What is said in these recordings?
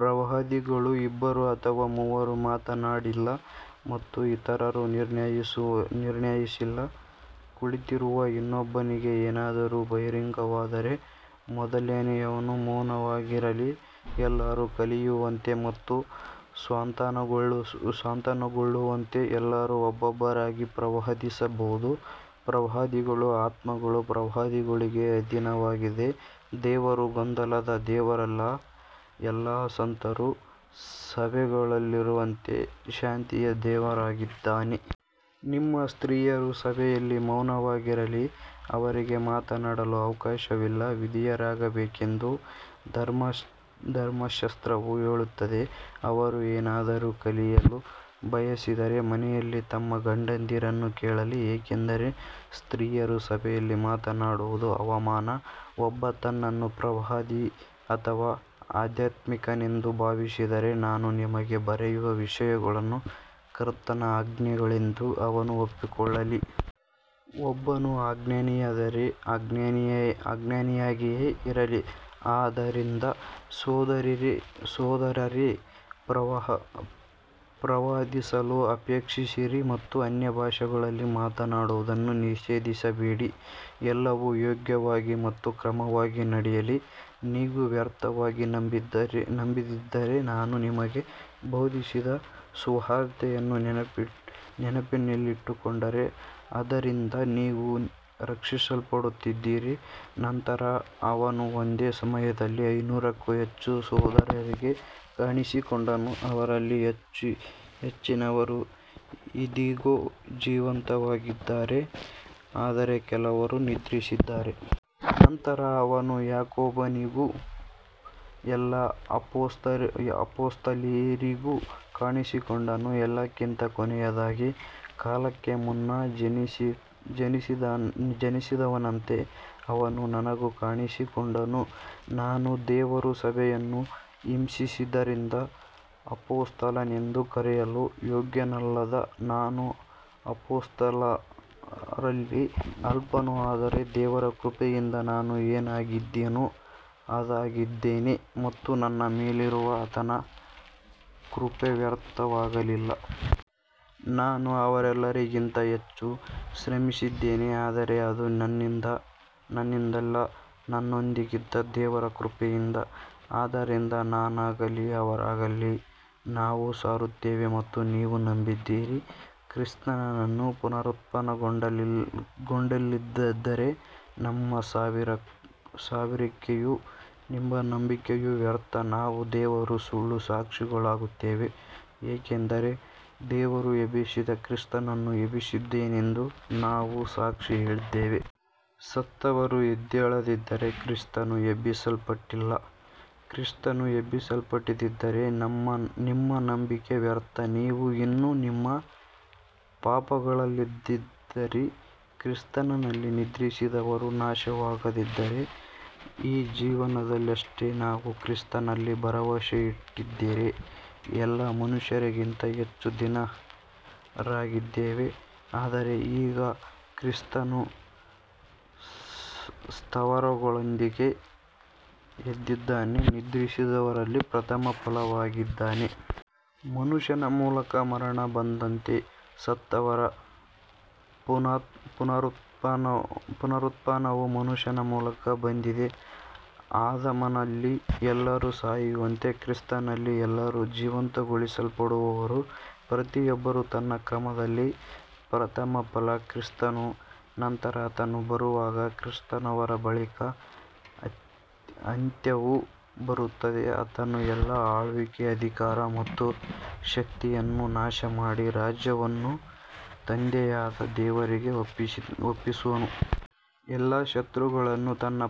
ಪ್ರವಾದಿಗಳು ಇಬ್ಬರು ಅಥವಾ ಮೂವರು ಮಾತನಾಡಲಿ ಮತ್ತು ಇತರರು ನಿರ್ಣಯಿಸಲಿ. ಕುಳಿತಿರುವ ಇನ್ನೊಬ್ಬನಿಗೆ ಏನಾದರೂ ಬಹಿರಂಗವಾದರೆ ಮೊದಲನೆಯವನು ಮೌನವಾಗಿರಲಿ. ಎಲ್ಲರೂ ಕಲಿಯುವಂತೆ ಮತ್ತು ಸಾಂತ್ವನಗೊಳ್ಳುವಂತೆ ಎಲ್ಲರೂ ಒಬ್ಬೊಬ್ಬರಾಗಿ ಪ್ರವಾದಿಸಬಹುದು. ಪ್ರವಾದಿಗಳ ಆತ್ಮಗಳು ಪ್ರವಾದಿಗಳಿಗೆ ಅಧೀನವಾಗಿವೆ. ದೇವರು ಗೊಂದಲದ ದೇವರಲ್ಲ, ಎಲ್ಲಾ ಸಂತರ ಸಭೆಗಳಲ್ಲಿರುವಂತೆ ಶಾಂತಿಯ ದೇವರಾಗಿದ್ದಾನೆ. ನಿಮ್ಮ ಸ್ತ್ರೀಯರು ಸಭೆಗಳಲ್ಲಿ ಮೌನವಾಗಿರಲಿ, ಅವರಿಗೆ ಮಾತನಾಡಲು ಅವಕಾಶವಿಲ್ಲ, ವಿಧೇಯರಾಗಿರಬೇಕೆಂದು ಧರ್ಮಶಾಸ್ತ್ರವೂ ಹೇಳುತ್ತದೆ. ಅವರು ಏನನ್ನಾದರೂ ಕಲಿಯಲು ಬಯಸಿದರೆ ಮನೆಯಲ್ಲಿ ತಮ್ಮ ಗಂಡಂದಿರನ್ನು ಕೇಳಲಿ, ಏಕೆಂದರೆ ಸ್ತ್ರೀಯರು ಸಭೆಯಲ್ಲಿ ಮಾತನಾಡುವುದು ಅವಮಾನ. ಒಬ್ಬನು ತನ್ನನ್ನು ಪ್ರವಾದಿ ಅಥವಾ ಆಧ್ಯಾತ್ಮಿಕನೆಂದು ಭಾವಿಸಿದರೆ, ನಾನು ನಿಮಗೆ ಬರೆಯುವ ವಿಷಯಗಳು ಕರ್ತನ ಆಜ್ಞೆಗಳೆಂದು ಅವನು ಒಪ್ಪಿಕೊಳ್ಳಲಿ. ಒಬ್ಬನು ಅಜ್ಞಾನಿಯಾಗಿದ್ದರೆ ಅಜ್ಞಾನಿಯಾಗಿಯೇ ಇರಲಿ. ಆದ್ದರಿಂದ ಸಹೋದರರೇ, ಪ್ರವಾದಿಸಲು ಅಪೇಕ್ಷಿಸಿರಿ ಮತ್ತು ಅನ್ಯಭಾಷೆಗಳಲ್ಲಿ ಮಾತನಾಡುವುದನ್ನು ನಿಷೇಧಿಸಬೇಡಿ. ಎಲ್ಲವೂ ಯೋಗ್ಯವಾಗಿ ಮತ್ತು ಕ್ರಮವಾಗಿ ನಡೆಯಲಿ. ನೀವು ವ್ಯರ್ಥವಾಗಿ ನಂಬದಿದ್ದರೆ, ನಾನು ನಿಮಗೆ ಬೋಧಿಸಿದ ಸುವಾರ್ತೆಯನ್ನು ನೆನಪಿನಲ್ಲಿಟ್ಟುಕೊಂಡರೆ ಅದರಿಂದ ನೀವು ರಕ್ಷಿಸಲ್ಪಡುತ್ತೀರಿ. ನಂತರ ಅವನು ಒಂದೇ ಸಮಯದಲ್ಲಿ ಐನೂರಕ್ಕೂ ಹೆಚ್ಚು ಸಹೋದರರಿಗೆ ಕಾಣಿಸಿಕೊಂಡನು, ಅವರಲ್ಲಿ ಹೆಚ್ಚಿನವರು ಇಂದಿಗೂ ಜೀವಂತವಾಗಿದ್ದಾರೆ, ಆದರೆ ಕೆಲವರು ನಿದ್ರಿಸಿದ್ದಾರೆ. ನಂತರ ಅವನು ಯಾಕೋಬನಿಗೂ ಎಲ್ಲಾ ಅಪೊಸ್ತಲರಿಗೂ ಕಾಣಿಸಿಕೊಂಡನು. ಎಲ್ಲಕ್ಕಿಂತ ಕೊನೆಯದಾಗಿ, ಕಾಲಕ್ಕೆ ಮುನ್ನ ಜನಿಸಿದವನಂತೆ ಅವನು ನನಗೂ ಕಾಣಿಸಿಕೊಂಡನು. ನಾನು ದೇವರ ಸಭೆಯನ್ನು ಹಿಂಸಿಸಿದ್ದರಿಂದ ಅಪೊಸ್ತಲನೆಂದು ಕರೆಯಲು ಯೋಗ್ಯನಲ್ಲದ ನಾನು ಅಪೊಸ್ತಲರಲ್ಲಿ ಅಲ್ಪನು. ಆದರೆ ದೇವರ ಕೃಪೆಯಿಂದ ನಾನು ಏನಾಗಿದ್ದೇನೋ ಅದಾಗಿದ್ದೇನೆ, ಮತ್ತು ನನ್ನ ಮೇಲಿರುವ ಆತನ ಕೃಪೆ ವ್ಯರ್ಥವಾಗಲಿಲ್ಲ. ನಾನು ಅವರೆಲ್ಲರಿಗಿಂತ ಹೆಚ್ಚು ಶ್ರಮಿಸಿದ್ದೇನೆ, ಆದರೆ ಅದು ನನ್ನಿಂದಲ್ಲ, ನನ್ನೊಂದಿಗಿದ್ದ ದೇವರ ಕೃಪೆಯಿಂದ. ಆದ್ದರಿಂದ ನಾನಾಗಲಿ ಅವರಾಗಲಿ ನಾವು ಸಾರುತ್ತೇವೆ ಮತ್ತು ನೀವು ನಂಬಿದ್ದೀರಿ. ಕ್ರಿಸ್ತನು ಪುನರುತ್ಥಾನಗೊಂಡಿಲ್ಲದಿದ್ದರೆ ನಮ್ಮ ಸಾರುವಿಕೆಯೂ ನಿಮ್ಮ ನಂಬಿಕೆಯೂ ವ್ಯರ್ಥ. ನಾವು ದೇವರ ಸುಳ್ಳು ಸಾಕ್ಷಿಗಳಾಗುತ್ತೇವೆ, ಏಕೆಂದರೆ ದೇವರು ಎಬ್ಬಿಸದ ಕ್ರಿಸ್ತನನ್ನು ಎಬ್ಬಿಸಿದನೆಂದು ನಾವು ಸಾಕ್ಷಿ ಹೇಳಿದ್ದೇವೆ. ಸತ್ತವರು ಎದ್ದೇಳದಿದ್ದರೆ ಕ್ರಿಸ್ತನೂ ಎಬ್ಬಿಸಲ್ಪಟ್ಟಿಲ್ಲ. ಕ್ರಿಸ್ತನು ಎಬ್ಬಿಸಲ್ಪಡದಿದ್ದರೆ ನಿಮ್ಮ ನಂಬಿಕೆ ವ್ಯರ್ಥ, ನೀವು ಇನ್ನೂ ನಿಮ್ಮ ಪಾಪಗಳಲ್ಲಿದ್ದೀರಿ. ಕ್ರಿಸ್ತನಲ್ಲಿ ನಿದ್ರಿಸಿದವರೂ ನಾಶವಾಗಿದ್ದಾರೆ. ಈ ಜೀವನದಲ್ಲಷ್ಟೇ ನಾವು ಕ್ರಿಸ್ತನಲ್ಲಿ ಭರವಸೆಯಿಟ್ಟಿದ್ದರೆ ಎಲ್ಲ ಮನುಷ್ಯರಿಗಿಂತ ಹೆಚ್ಚು ದೀನರಾಗಿದ್ದೇವೆ. ಆದರೆ ಈಗ ಕ್ರಿಸ್ತನು ಸತ್ತವರೊಳಗಿಂದ ಎದ್ದಿದ್ದಾನೆ, ನಿದ್ರಿಸಿದವರಲ್ಲಿ ಪ್ರಥಮ ಫಲವಾಗಿದ್ದಾನೆ. ಮನುಷ್ಯನ ಮೂಲಕ ಮರಣ ಬಂದಂತೆ, ಸತ್ತವರ ಪುನರುತ್ಥಾನವೂ ಮನುಷ್ಯನ ಮೂಲಕ ಬಂದಿದೆ. ಆದಾಮನಲ್ಲಿ ಎಲ್ಲರೂ ಸಾಯುವಂತೆ ಕ್ರಿಸ್ತನಲ್ಲಿ ಎಲ್ಲರೂ ಜೀವಂತಗೊಳಿಸಲ್ಪಡುವರು. ಪ್ರತಿಯೊಬ್ಬನೂ ತನ್ನ ಕ್ರಮದಲ್ಲಿ, ಪ್ರಥಮ ಫಲ ಕ್ರಿಸ್ತನು, ನಂತರ ಆತನು ಬರುವಾಗ ಕ್ರಿಸ್ತನವರು. ಬಳಿಕ ಅಂತ್ಯವು ಬರುತ್ತದೆ, ಆತನು ಎಲ್ಲಾ ಆಳ್ವಿಕೆ, ಅಧಿಕಾರ ಮತ್ತು ಶಕ್ತಿಯನ್ನು ನಾಶಮಾಡಿ ರಾಜ್ಯವನ್ನು ತಂದೆಯಾದ ದೇವರಿಗೆ ಒಪ್ಪಿಸುವನು. ಎಲ್ಲಾ ಶತ್ರುಗಳನ್ನು ತನ್ನ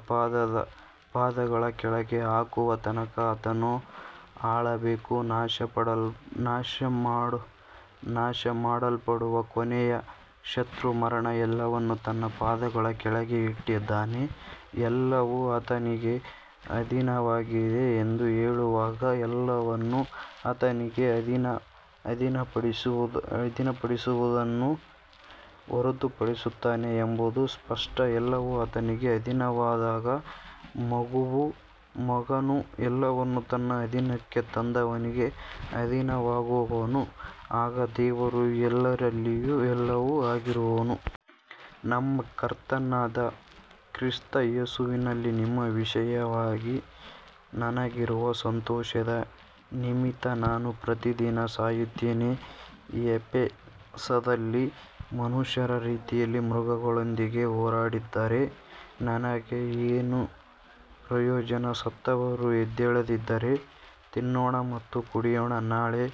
ಪಾದಗಳ ಕೆಳಗೆ ಹಾಕುವ ತನಕ ಆತನು ಆಳಬೇಕು. ನಾಶಮಾಡಲ್ಪಡುವ ಕೊನೆಯ ಶತ್ರು ಮರಣ. ಎಲ್ಲವನ್ನೂ ತನ್ನ ಪಾದಗಳ ಕೆಳಗೆ ಇಟ್ಟಿದ್ದಾನೆ. ಎಲ್ಲವೂ ಆತನಿಗೆ ಅಧೀನವಾಗಿದೆ ಎಂದು ಹೇಳುವಾಗ, ಎಲ್ಲವನ್ನೂ ಆತನಿಗೆ ಅಧೀನಪಡಿಸಿದವನನ್ನು ಹೊರತುಪಡಿಸುತ್ತಾನೆ ಎಂಬುದು ಸ್ಪಷ್ಟ. ಎಲ್ಲವೂ ಆತನಿಗೆ ಅಧೀನವಾದಾಗ, ಮಗನೂ ಎಲ್ಲವನ್ನೂ ತನ್ನ ಅಧೀನಕ್ಕೆ ತಂದವನಿಗೆ ಅಧೀನನಾಗುವನು, ಆಗ ದೇವರು ಎಲ್ಲರಲ್ಲಿಯೂ ಎಲ್ಲವೂ ಆಗಿರುವನು. ನಮ್ಮ ಕರ್ತನಾದ ಕ್ರಿಸ್ತ ಯೇಸುವಿನಲ್ಲಿ ನಿಮ್ಮ ವಿಷಯವಾಗಿ ನನಗಿರುವ ಸಂತೋಷದ ನಿಮಿತ್ತ ನಾನು ಪ್ರತಿದಿನ ಸಾಯುತ್ತೇನೆ. ಎಫೆಸದಲ್ಲಿ ಮನುಷ್ಯರ ರೀತಿಯಲ್ಲಿ ಮೃಗಗಳೊಂದಿಗೆ ಹೋರಾಡಿದ್ದರೆ ನನಗೆ ಏನು ಪ್ರಯೋಜನ, ಸತ್ತವರು ಎದ್ದೇಳದಿದ್ದರೆ, ತಿನ್ನೋಣ ಮತ್ತು ಕುಡಿಯೋಣ, ನಾಳೆ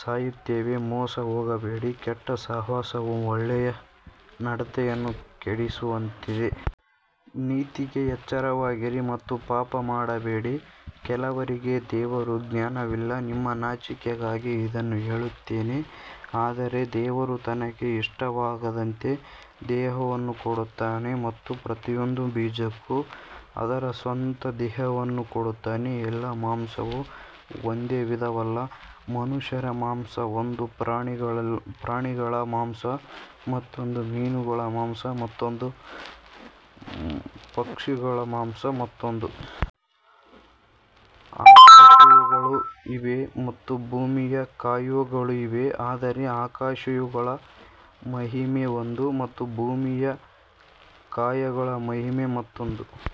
ಸಾಯುತ್ತೇವೆ. ಮೋಸಹೋಗಬೇಡಿ, ಕೆಟ್ಟ ಸಹವಾಸವು ಒಳ್ಳೆಯ ನಡತೆಯನ್ನು ಕೆಡಿಸುತ್ತದೆ. ನೀತಿಗೆ ಎಚ್ಚರವಾಗಿರಿ ಮತ್ತು ಪಾಪ ಮಾಡಬೇಡಿ, ಕೆಲವರಿಗೆ ದೇವರ ಜ್ಞಾನವಿಲ್ಲ. ನಿಮ್ಮ ನಾಚಿಕೆಗಾಗಿ ಇದನ್ನು ಹೇಳುತ್ತೇನೆ. ಆದರೆ ದೇವರು ತನಗೆ ಇಷ್ಟವಾದಂತೆ ದೇಹವನ್ನು ಕೊಡುತ್ತಾನೆ ಮತ್ತು ಪ್ರತಿಯೊಂದು ಬೀಜಕ್ಕೂ ಅದರ ಸ್ವಂತ ದೇಹವನ್ನು ಕೊಡುತ್ತಾನೆ. ಎಲ್ಲ ಮಾಂಸವೂ ಒಂದೇ ವಿಧವಲ್ಲ, ಮನುಷ್ಯರ ಮಾಂಸ ಒಂದು, ಪ್ರಾಣಿಗಳ ಮಾಂಸ ಮತ್ತೊಂದು, ಮೀನುಗಳ ಮಾಂಸ ಮತ್ತೊಂದು ಮತ್ತು ಪಕ್ಷಿಗಳ ಮಾಂಸ ಮತ್ತೊಂದು. ಆಕಾಶಕಾಯಗಳೂ ಇವೆ ಮತ್ತು ಭೂಮಿಯ ಕಾಯಗಳೂ ಇವೆ, ಆದರೆ ಆಕಾಶಕಾಯಗಳ ಮಹಿಮೆ ಒಂದು ಮತ್ತು ಭೂಮಿಯ ಕಾಯಗಳ ಮಹಿಮೆ ಮತ್ತೊಂದು.